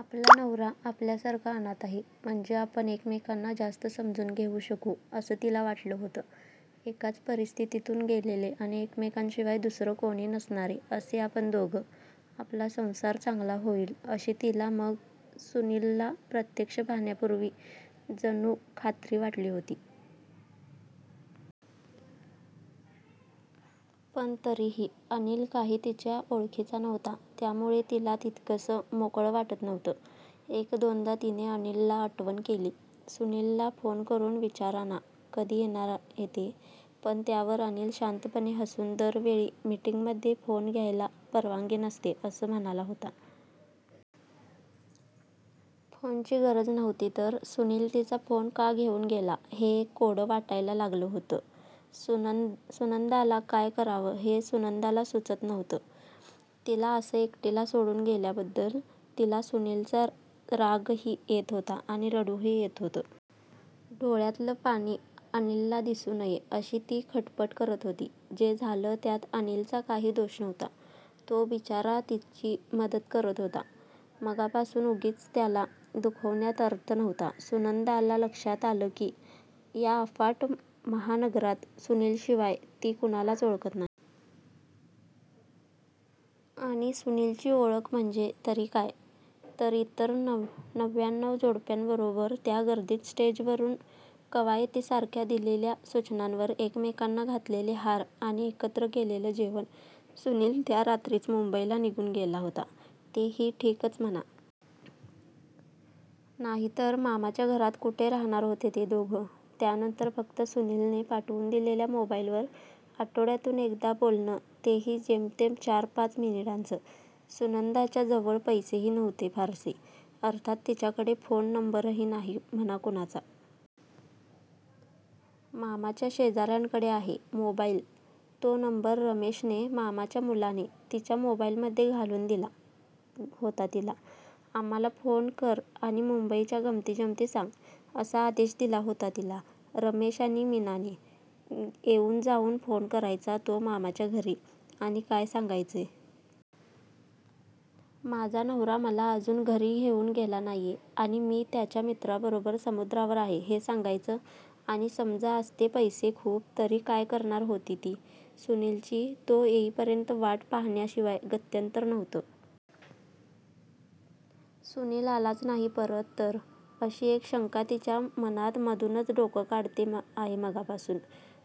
आपला नवरा आपल्यासारखा अनाथ आहे म्हणजे आपण एकमेकांना जास्त समजून घेऊ शकू असं तिला वाटलं होतं. एकाच परिस्थितीतून गेलेले आणि एकमेकांशिवाय दुसरं कोणी नसणारे असे आपण दोघं, आपला संसार चांगला होईल अशी तिला मग सुनीलला प्रत्यक्ष पाहण्यापूर्वी जणू खात्री वाटली होती. पण तरीही अनिल काही तिच्या ओळखीचा नव्हता, त्यामुळे तिला तितकंसं मोकळं वाटत नव्हतं. एक दोनदा तिने अनिलला आठवण केली, सुनीलला फोन करून विचारा ना कधी येणार ते. पण त्यावर अनिल शांतपणे हसून दर वेळी, मीटिंगमध्ये फोन घ्यायला परवानगी नसते, असं म्हणाला होता. फोनची गरजच नव्हती तर सुनील तिचा फोन का घेऊन गेला हे एक कोडं वाटायला लागलं होतं सुनंदाला. काय करावं हे सुनंदाला सुचत नव्हतं. तिला असं एकटीला सोडून गेल्याबद्दल तिला सुनीलचा रागही येत होता आणि रडूही येत होतं. डोळ्यातलं पाणी अनिलला दिसू नये अशी ती खटपट करत होती. जे झालं त्यात अनिलचा काही दोष नव्हता, तो बिचारा तिची मदत करत होता मघापासून. उगीच त्याला दुखावण्यात अर्थ नव्हता. सुनंदाला लक्षात आलं की या अफाट महानगरात सुनीलशिवाय ती कुणालाच ओळखत नाही. आणि सुनीलची ओळख म्हणजे तरी काय? तर इतर नव्व्याणव जोडप्यांबरोबर त्या गर्दीत स्टेजवरून कवायतीसारख्या दिलेल्या सूचनांवर एकमेकांना घातलेले हार आणि एकत्र केलेलं जेवण. सुनील त्या रात्रीच मुंबईला निघून गेला होता, तेही ठीकच म्हणा. नाहीतरी मामाच्या घरात कुठे राहणार होते ते दोघं? त्यानंतर फक्त सुनीलने पाठवून दिलेल्या मोबाईलवर आठवड्यातून एकदा बोलणं, तेही जेमतेम चार पाच मिनिटांचं. सुनंदाच्या जवळ पैसेही नव्हते फारसे. अर्थात तिच्याकडे फोन नंबरही नाही म्हणा कुणाचा. मामाच्या शेजाऱ्यांकडे आहे मोबाईल, तो नंबर रमेशने, मामाच्या मुलाने, तिच्या मोबाईलमध्ये घालून दिला होता तिला. आम्हाला फोन कर आणि मुंबईच्या गमतीजमती सांग, असा आदेश दिला होता तिला रमेश आणि मीनाने. येऊन जाऊन फोन करायचा तो मामाच्या घरी, आणि काय सांगायचं? माझा नवरा मला अजून घरी घेऊन गेला नाहीये आणि मी त्याच्या मित्राबरोबर समुद्रावर आहे, हे सांगायचं? आणि समजा असते पैसे खूप तरी काय करणार होती ती? सुनीलची तो येईपर्यंत वाट पाहण्याशिवाय गत्यंतर नव्हतं. सुनील आलाच नाही परत तर? अशी एक शंका तिच्या मनात मधूनच डोकं काढते आहे मघापासून.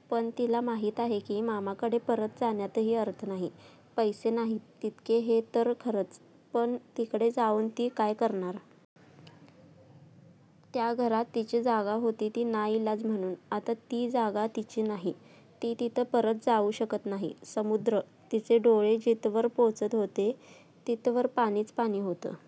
पण तिला माहिती आहे की मामाकडे परत जाण्यातही अर्थ नाही. पैसे नाहीत तितके हे तर खरंच, पण तिकडे जाऊन ती काय करणार? त्या घरात तिची जागा होती ती नाईलाज म्हणून. आता ती जागा तिची नाही, ती तिथं परत जाऊ शकत नाही. समुद्र! तिचे डोळे जिथवर पोचत होते तिथवर पाणीच पाणी होतं!